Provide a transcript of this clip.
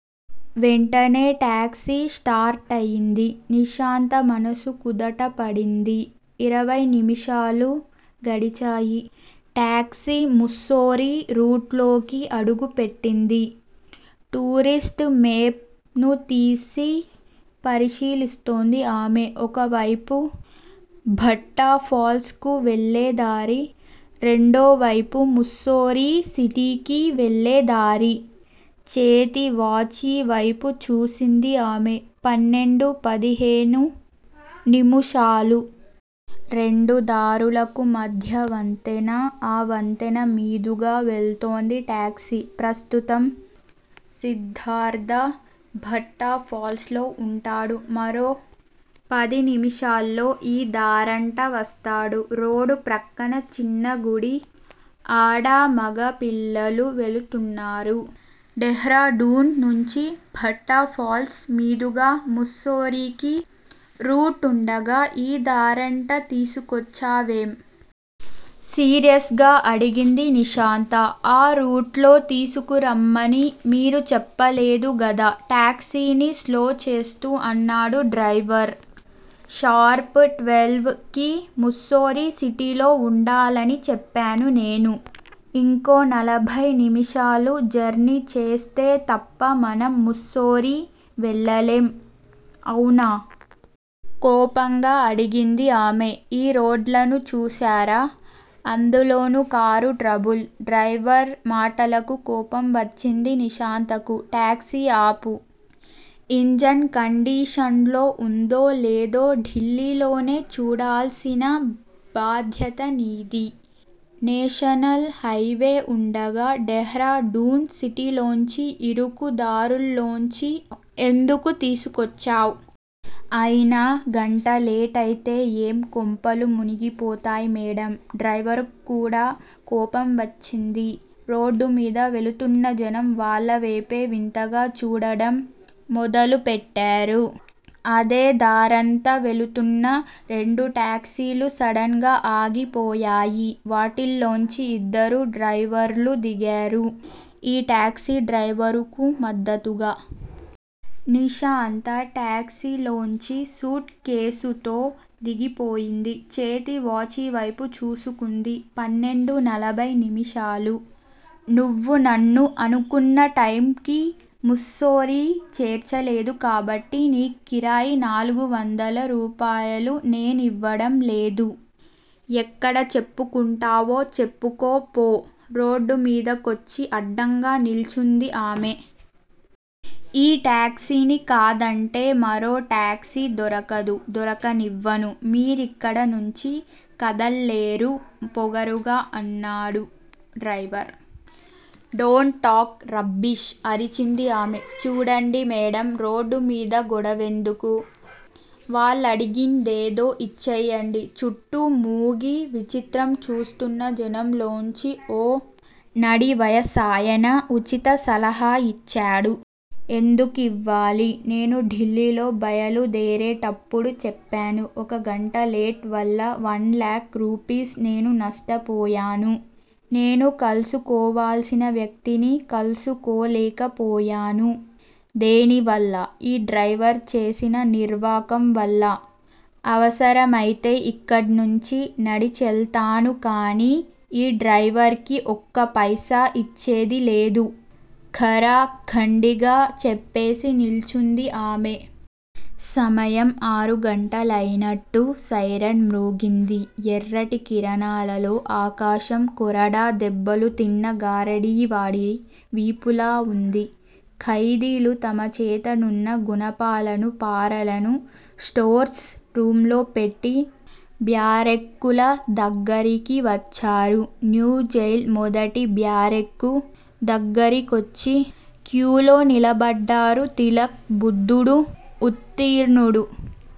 వెంటనే టాక్సీ స్టార్టయింది. నిశాంత మనసు కుదటపడింది. ఇరవై నిమిషాలు గడిచాయి. టాక్సీ ముస్సోరీ రూట్లోకి అడుగుపెట్టింది. టూరిస్ట్ మేప్ ను తీసి పరిశీలిస్తోంది ఆమె. ఒకవైపు భట్టాఫాల్స్ కు వెళ్ళేదారి. రెండోవైపు ముస్సోరి సిటీకి వెళ్ళేదారి. చేతివాచీ వైపు చూసింది ఆమె. పన్నెండు పదిహేను నిముషాలు. రెండుదారులకు మధ్య వంతెన. ఆ వంతెన మీదుగా వెళ్తోంది టాక్సీ. ప్రస్తుతం సిద్ధార్ధ భట్టాఫాల్స్ లో వుంటాడు. మరో పదినిమిషాల్లో ఈ దారంట వస్తాడు. రోడ్డు ప్రక్కన చిన్న గుడి. ఆడా, మగా, పిల్లలు వెళుతున్నారు. డెహ్రాడూన్ నుంచి భట్టాఫాల్స్ మీదుగా ముస్సోరీకి రూటుండగా ఈ దారంట తీసుకొచ్చావేం? సీరియస్ గా అడిగింది నిశాంత. ఆ రూట్లో తీసుకురమ్మని మీరు చెప్పలేదు గదా టాక్సీని స్లో చేస్తూ అన్నాడు డ్రైవర్. షార్ప్ ట్వెల్వ్ కి, ముస్సోరి సిటీలో వుండాలని చెప్పాను నేను ఇంకో నలభై నిమిషాలు జర్నీ చేస్తే తప్ప మనం ముస్సోరీ వెళ్ళలేం. అవునా? కోపంగా అడిగింది ఆమె. ఈ రోడ్లను చూసారా అందులోనూ కారు ట్రబుల్. డ్రైవర్ మాటలకు కోపం వచ్చింది నిశాంతకు. టాక్సీ ఆపు. ఇంజన్ కండీషన్లో వుందో, లేదో ఢిల్లీలోనే చూడాల్సిన బాధ్యత నీది. నేషనల్ హైవే వుండగా, డెహ్రాడూన్ సిటీలోంచి, ఇరుకు దారుల్లోంచి ఎందుకు తీసుకొచ్చావ్? అయినా గంట లేటైతే ఏం కొంపలు మునిగిపోతాయ్ మేడమ్ డ్రైవర్ క్కూడా కోపం వచ్చింది. రోడ్డుమీద వెళుతున్న జనం వాళ్ళవేపే వింతగా చూడడం మొదలుపెట్టారు. అదే దారంత వెళుతున్న రెండు టాక్సీలు సడన్ గా ఆగిపోయాయి. వాటిల్లోంచి ఇద్దరు డ్రైవర్లు దిగారు. ఈ టాక్సీ డ్రైవర్ కు మద్దతుగా. నిశాంత టాక్సీలోంచి సూట్ కేసుతో దిగిపోయింది. చేతి వాచీవైపు చూసుకుంది. పన్నెండు నలభై నిమిషాలు. నువ్వు నన్ను అనుకున్న టైమ్ కి ముస్సోరీ చేర్చలేదు కాబట్టి, నీ కిరాయి నాలుగు వందల రూపాయలు నేనివ్వడం లేదు. ఎక్కడ చెప్పుకుంటావో చెప్పుకో పో. రోడ్డు మీదకొచ్చి అడ్డంగా నిల్చుంది ఆమె. ఈ టాక్సీని కాదంటే మరో టాక్సీ దొరకదు దొరకనివ్వను. మీరిక్కడ నుంచి కదల్లేరు పొగరుగా అన్నాడు డ్రైవర్. డోంట్ టాక్ రబ్బిష్ అరిచింది ఆమె. చూడండి మేడమ్! రోడ్డుమీద గొడవెందుకు వాళ్ళడిగిందేదో ఇచ్చెయ్యండి చుట్టూ మూగి, విచిత్రం చూస్తున్న జనంలోంచి ఓ నడివయసాయన వుచిత సలహా యిచ్చాడు. ఎందుకివ్వాలి! నేను ఢిల్లీలో బయలుదేరేటప్పుడు చెప్పాను ఒక గంట లేట్ వల్ల, వన్ లాక్ రూపీస్ నేను నష్టపోయాను. నేను కల్సుకోవాల్సిన వక్తిని కల్సుకోలేకపోయాను దేనివల్ల ఈ డ్రైవర్ చేసిన నిర్వాకం వల్ల అవసరమైతే ఇక్కడ్నించి నడిచెళ్తాను కానీ ఈ డ్రైవర్ కి ఒక్క పైసా యిచ్చేది లేదు ఖరాఖండిగా చెప్పేసి నిల్చుంది ఆమె. సమయం ఆరుగంటలైనట్టు సైరన్ మ్రోగింది. ఎర్రటి కిరణాలలో ఆకాశం కొరడా దెబ్బలు తిన్న గారడీవాడి వీపులా వుంది. ఖైదీలు తమ చేతనున్న గునపాలను, పారలను స్టోర్స్ రూమ్ లో పెట్టి బ్యారెక్కుల దగ్గరికి వచ్చారు. న్యూజైల్ మొదటి బ్యారెక్కు దగ్గరికొచ్చి క్యూలో నిలబడ్డారు తిలక్, బుద్ధుడు, ఉత్తీర్ణుడు.